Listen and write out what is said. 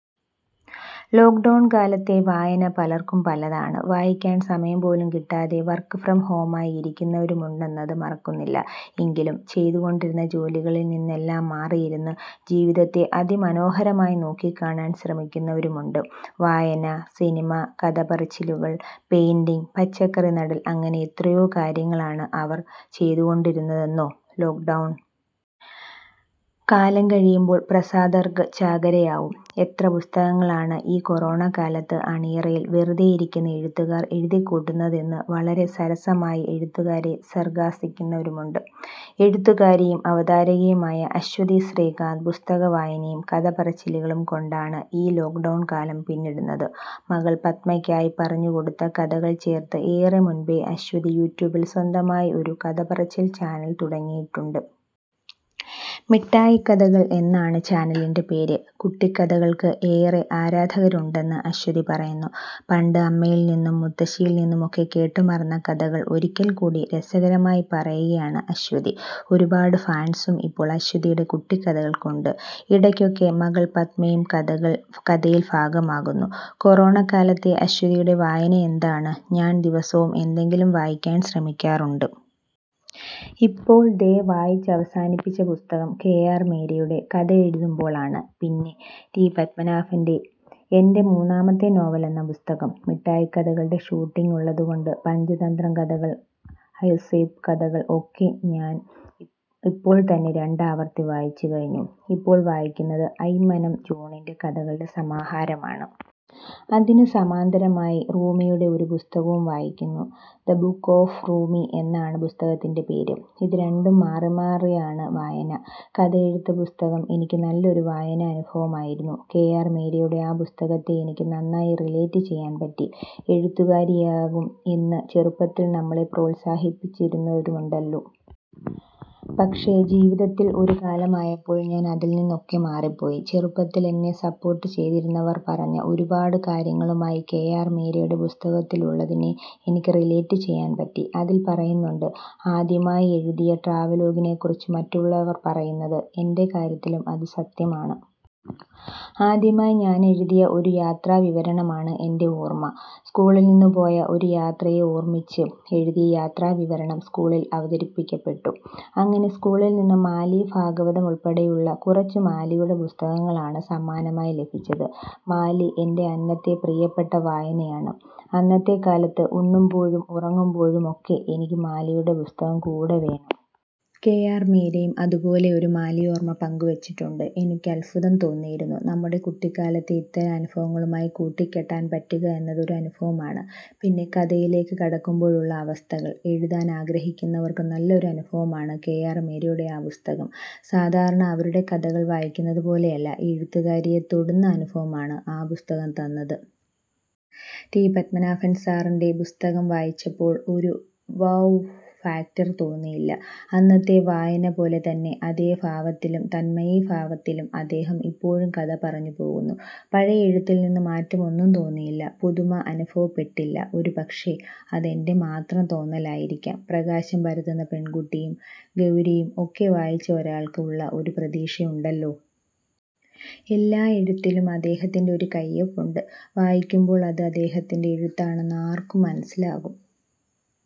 Lockdown കാലത്തെ വായന പലർക്കും പലതാണ്. വായിക്കാൻ സമയം പോലും കിട്ടാതെ വർക്ക് ഫ്രം ഹോം ആയി ഇരിക്കുന്നവരുമുണ്ടെന്നത് മറക്കുന്നില്ല. എങ്കിലും ചെയ്തുകൊണ്ടിരുന്ന ജോലികളിൽ നിന്നെല്ലാം മാറിയിരുന്ന് ജീവിതത്തെ അതിമനോഹരമായി നോക്കിക്കാണാൻ ശ്രമിക്കുന്നവരുമുണ്ട്. വായന, സിനിമ, കഥപറച്ചിലുകൾ, പെയിന്റിങ്, പച്ചക്കറി നടൽ അങ്ങനെ എത്രയോ കാര്യങ്ങളാണ് അവർ ചെയ്തുകൊണ്ടിരിക്കുന്നതെന്നോ. ലോക്ഡൗൺ കാലം കഴിയുമ്പോൾ പ്രസാധകർക്ക് ചാകരയാവും. എത്ര പുസ്തകങ്ങളാണ് ഈ കൊറോണക്കാലത്ത് അണിയറയിൽ വെറുതെയിരിക്കുന്ന എഴുത്തുകാർ എഴുതിക്കൂട്ടുന്നത് എന്ന് വളരെ സരസമായി എഴുത്തുകാരെ സർക്കാസിച്ചവരുമുണ്ട്. എഴുത്തുകാരിയും അവതാരകയുമായ അശ്വതി ശ്രീകാന്ത് പുസ്തകവായനയും കഥപറച്ചിലുകളും കൊണ്ടാണ് ഈ ലോക്ഡൗൺ കാലം പിന്നിടുന്നത്. മകൾ പദ്മയ്ക്കായി പറഞ്ഞുകൊടുത്ത കഥകൾ ചേർത്ത് ഏറെ മുൻപേ അശ്വതി യൂട്യൂബിൽ സ്വന്തമായി ഒരു കഥപറച്ചിൽ ചാനൽ തുടങ്ങിയിട്ടുണ്ട്. മിട്ടായിക്കഥകൾ എന്നാണ് ചാനലിൻ്റെ പേര്. കുട്ടിക്കഥകൾക്ക് ഏറെ ആരാധകരുണ്ടെന്ന് അശ്വതി പറയുന്നു. പണ്ട് അമ്മയിൽനിന്നും മുത്തശ്ശിയിൽനിന്നുമൊക്കെ കേട്ടുമറന്ന കഥകൾ ഒരിക്കൽ കൂടി രസകരമായി പറയുകയാണ് അശ്വതി. ഒരുപാട് ഫാൻസും ഇപ്പോൾ അശ്വതിയുടെ കുട്ടിക്കഥകൾക്കുണ്ട്. ഇടയ്ക്കൊക്കെ മകൾ പദ്മയും കഥയിൽ ഭാഗമാകുന്നു. കൊറോണക്കാലത്തെ അശ്വതിയുടെ വായന എന്താണ്? ഞാൻ ദിവസവും എന്തെങ്കിലും വായിക്കാൻ ശ്രമിക്കാറുണ്ട്. ഇപ്പോൾ ദേ വായിച്ചവസാനിപ്പിച്ച പുസ്തകം കെ ആർ മീരയുടെ കഥ എഴുതുമ്പോൾ ആണ്. പിന്നെ ടി പത്മനാഭൻ്റെ എൻ്റെ മൂന്നാമത്തെ നോവൽ എന്ന പുസ്തകം. മിട്ടായിക്കഥകളുടെ ഷൂട്ടിങ് ഉള്ളതുകൊണ്ട് പഞ്ചതന്ത്രം കഥകൾ, ഈസോപ്പ് കഥകൾ ഒക്കെ ഞാൻ ഇപ്പോൾ തന്നെ രണ്ടാവർത്തി വായിച്ചുകഴിഞ്ഞു. ഇപ്പോൾ വായിക്കുന്നത് അയ്മനം ജോണിൻ്റെ കഥകളുടെ സമാഹാരമാണ്. അതിനു സമാന്തരമായി റൂമിയുടെ ഒരു പുസ്തകവും വായിക്കുന്നു. ദ് ബുക്ക് ഓഫ് റൂമി എന്നാണ് പുസ്തകത്തിൻ്റെ പേര്. ഇത് രണ്ടും മാറിമാറിയാണ് വായന. കഥയെഴുത്ത് പുസ്തകം എനിക്ക് നല്ലൊരു വായനാനുഭവമായിരുന്നു. കെ ആർ മീരയുടെ ആ പുസ്തകത്തെ എനിക്ക് നന്നായി റിലേറ്റ് ചെയ്യാൻ പറ്റി. എഴുത്തുകാരിയാകും എന്ന് ചെറുപ്പത്തിൽ നമ്മളെ പ്രോത്സാഹിപ്പിച്ചിരുന്നവരുണ്ടല്ലോ. പക്ഷേ ജീവിതത്തിൽ ഒരു കാലമായപ്പോൾ ഞാൻ അതിൽ നിന്നൊക്കെ മാറിപ്പോയി. ചെറുപ്പത്തിൽ എന്നെ സപ്പോർട്ട് ചെയ്തിരുന്നവർ പറഞ്ഞ ഒരുപാട് കാര്യങ്ങളുമായി കെ ആർ മീരയുടെ പുസ്തകത്തിലുള്ളതിനെ എനിക്ക് റിലേറ്റ് ചെയ്യാൻ പറ്റി. അതിൽ പറയുന്നുണ്ട്, ആദ്യമായി എഴുതിയ ട്രാവലോഗിനെക്കുറിച്ച് മറ്റുള്ളവർ പറയുന്നത്. എൻ്റെ കാര്യത്തിലും അതു സത്യമാണ്. ആദ്യമായി ഞാനെഴുതിയ ഒരു യാത്രാവിവരണമാണ് എൻ്റെ ഓർമ. സ്കൂളിൽനിന്നു പോയ ഒരു യാത്രയെ ഓർമിച്ച് എഴുതിയ യാത്രാവിവരണം സ്കൂളിൽ അവതരിപ്പിക്കപ്പെട്ടു. അങ്ങനെ സ്കൂളിൽനിന്ന് മാലി ഭാഗവതം ഉൾപ്പെടെയുള്ള കുറച്ചു മാലിയുടെ പുസ്തകങ്ങളാണ് സമ്മാനമായി ലഭിച്ചത്. മാലി എൻ്റെ അന്നത്തെ പ്രിയപ്പെട്ട വായനയാണ്. അന്നത്തെ കാലത്ത് ഉണ്ണുമ്പോഴും ഉറങ്ങുമ്പോഴും ഒക്കെ എനിക്ക് മാലിയുടെ പുസ്തകം കൂടെ വേണം. കെ ആർ മീരയും അതുപോലെ ഒരു മാലിയോർമ പങ്കുവച്ചിട്ടുണ്ട്. എനിക്ക് അത്ഭുതം തോന്നിയിരുന്നു. നമ്മുടെ കുട്ടിക്കാലത്തെ ഇത്തരം അനുഭവങ്ങളുമായി കൂട്ടിക്കെട്ടാൻ പറ്റുക എന്നത് ഒരു അനുഭവമാണ്. പിന്നെ കഥയിലേക്ക് കടക്കുമ്പോഴുള്ള അവസ്ഥകൾ. എഴുതാൻ ആഗ്രഹിക്കുന്നവർക്ക് നല്ലൊരു അനുഭവമാണ് കെ ആർ മീരയുടെ ആ പുസ്തകം. സാധാരണ അവരുടെ കഥകൾ വായിക്കുന്നത് പോലെയല്ല, എഴുത്തുകാരിയെ തൊടുന്ന അനുഭവമാണ് ആ പുസ്തകം തന്നത്.ടി പത്മനാഭൻ സാറിൻ്റെ പുസ്തകം വായിച്ചപ്പോൾ ഒരു വൗ ഫാക്ടർ തോന്നിയില്ല. അന്നത്തെ വായന പോലെ തന്നെ അതേഭാവത്തിലും തന്മയീഭാവത്തിലും അദ്ദേഹം ഇപ്പോഴും കഥ പറഞ്ഞുപോകുന്നു. പഴയ എഴുത്തിൽനിന്ന് മാറ്റമൊന്നും തോന്നിയില്ല. പുതുമ അനുഭവപ്പെട്ടില്ല. ഒരുപക്ഷേ അത് എൻ്റെ മാത്രം തോന്നലായിരിക്കാം. പ്രകാശം പരത്തുന്ന പെൺകുട്ടിയും ഗൗരിയും ഒക്കെ വായിച്ച ഒരാൾക്ക് ഉള്ള ഒരു പ്രതീക്ഷയുണ്ടല്ലോ. എല്ലാ എഴുത്തിലും അദ്ദേഹത്തിൻ്റെ ഒരു കയ്യൊപ്പുണ്ട്. വായിക്കുമ്പോൾ അത് അദ്ദേഹത്തിൻ്റെ എഴുത്താണെന്ന് ആർക്കും മനസ്സിലാകും.